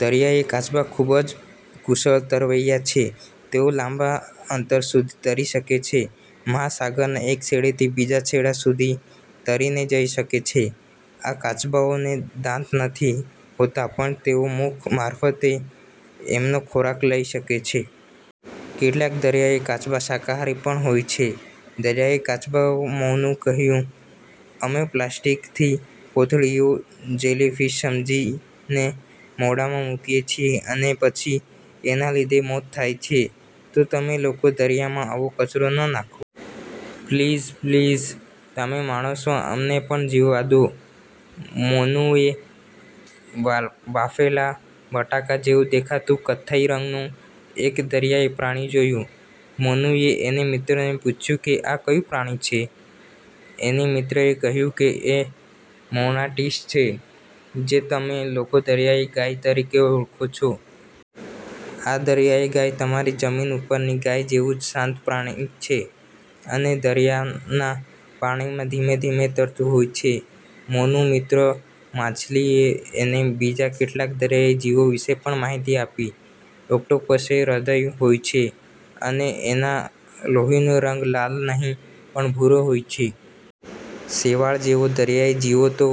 દરિયાઈ કાચબા ખુબ જ કુશળ તરવૈયા છે. તેઓ લાંબા અંતર સુધી તરી શકે છે. મહાસાગરના એક છેડે થી બીજા છેડા સુધી તરીને જઈ શકે છે. આ કાચબાઓને દાંત નથી હોતા પણ તેઓ મુખ મારફતે એમનો ખોરાક લઇ શકે છે. કેટલાક। દરિયાઈ કાચબા શાકાહારી પણ હોય છે! દરિયાઈ કાચબાએ મોનુને કહ્યું, "અમે પ્લાસ્ટીકની કોથળીને જેલી ફીશ સમજીને મોઢામાં મુકીએ છીએ અને પછી એના લીધે મોત થાય છે તો તમે લોકો દરિયામાં આવો કચરો ન નાંખો. પ્લીઝ, પ્લીઝ, તમે માણસો અમને પણ જીવવા દો". મોનુએ બાફેલા બટાકા જેવું દેખાતું કથ્થાઈ રંગનું એક દરિયાઈ પ્રાણી જોયું. મોનુએ એની મિત્રને પૂછ્યું કે આ કયું પ્રાણી છે? એની મિત્રએ કહ્યું કે એ મેનાટીસ છે જેને તમે લોકો દરિયાઈ ગાય તરીકે ઓળખો છો. આ "દરિયાઈ ગાય" તમારી જમીન ઉપરની ગાય જેવું જ શાંત પ્રાણી છે અને દરિયાના પાણીમાં ધીમે ધીમે તરતું હોય છે. મોનુની મિત્ર માછલીએ એને બીજા કેટલાક દરિયાઈ જીવો વિષે પણ માહિતી આપી. ઓક્ટોપસને હૃદય હોય છે અને એના લોહીનો રંગ લાલ નહિ પણ ભૂરો હોય છે! શેવાળ જેવા દરિયાઈ જીવો તો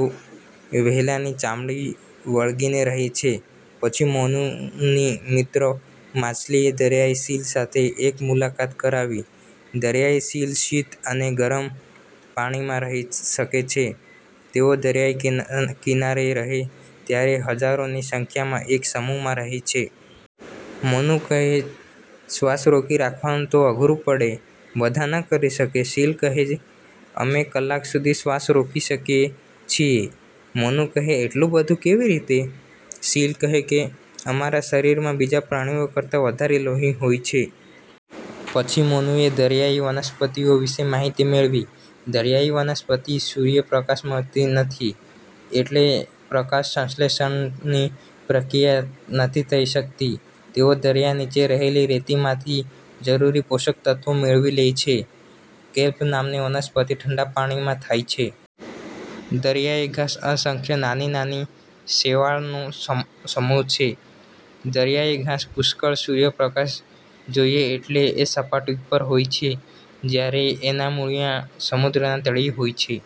વ્હેલની ચામડીને વળગીને રહે છે! પછી મોનુની મિત્ર માછલીએ દરિયાઈ સીલ સાથે એની મુલાકાત કરાવી. દરિયાઈ સીલ શીત અને ગરમ પાણીમાં રહી શકે છે. તેઓ દરિયા કિનારે રહે ત્યારે હજોરોની સંખ્યામાં એક સમૂહમાં રહે છે. મોનુ કહે, "શ્વાસ રોકી રાખવાનું તો અઘરું પડે. બધા ન કરી શકે". સીલ કહે, "અમે કલાક સુધી શ્વાસ રોકી શકીએ છીએ". મોનુ કહે, "એટલું બધું? કેવી રીતે? ". સીલ કહે કે, "અમારા શરીરમાં બીજા પ્રાણીઓ કરતાં વધારે લોહી હોય છે. પછી મોનુએ દરિયાઈ વનસ્પતિઓ વિષે માહિતી મેળવી. દરિયાઈ વનસ્પતિને સૂર્ય પ્રકાશ નથી મળતો એટલે પ્રકાશ સંશ્લેષણની પ્રક્રિયા નથી થઇ શકતી. તેઓ દરિયાની નીચે રહેલી રેતીમાંથી જરૂરી પોષક તત્વો મેળવી લે છે. કેલ્પ નામની વનસ્પતિ ઠંડા પાણીમાં થાય છે. દરિયાઈ ઘાસ અસંખ્ય નાની નાની શેવાળનો સમૂહ છે. દરિયાઈ ઘાસને પુષ્કળ સૂર્ય પ્રકાશ જોઈએ એટલે એ સપાટી ઉપર હોય છે જયારે એના મૂળિયાં સમુદ્રના તળિયે હોય છે.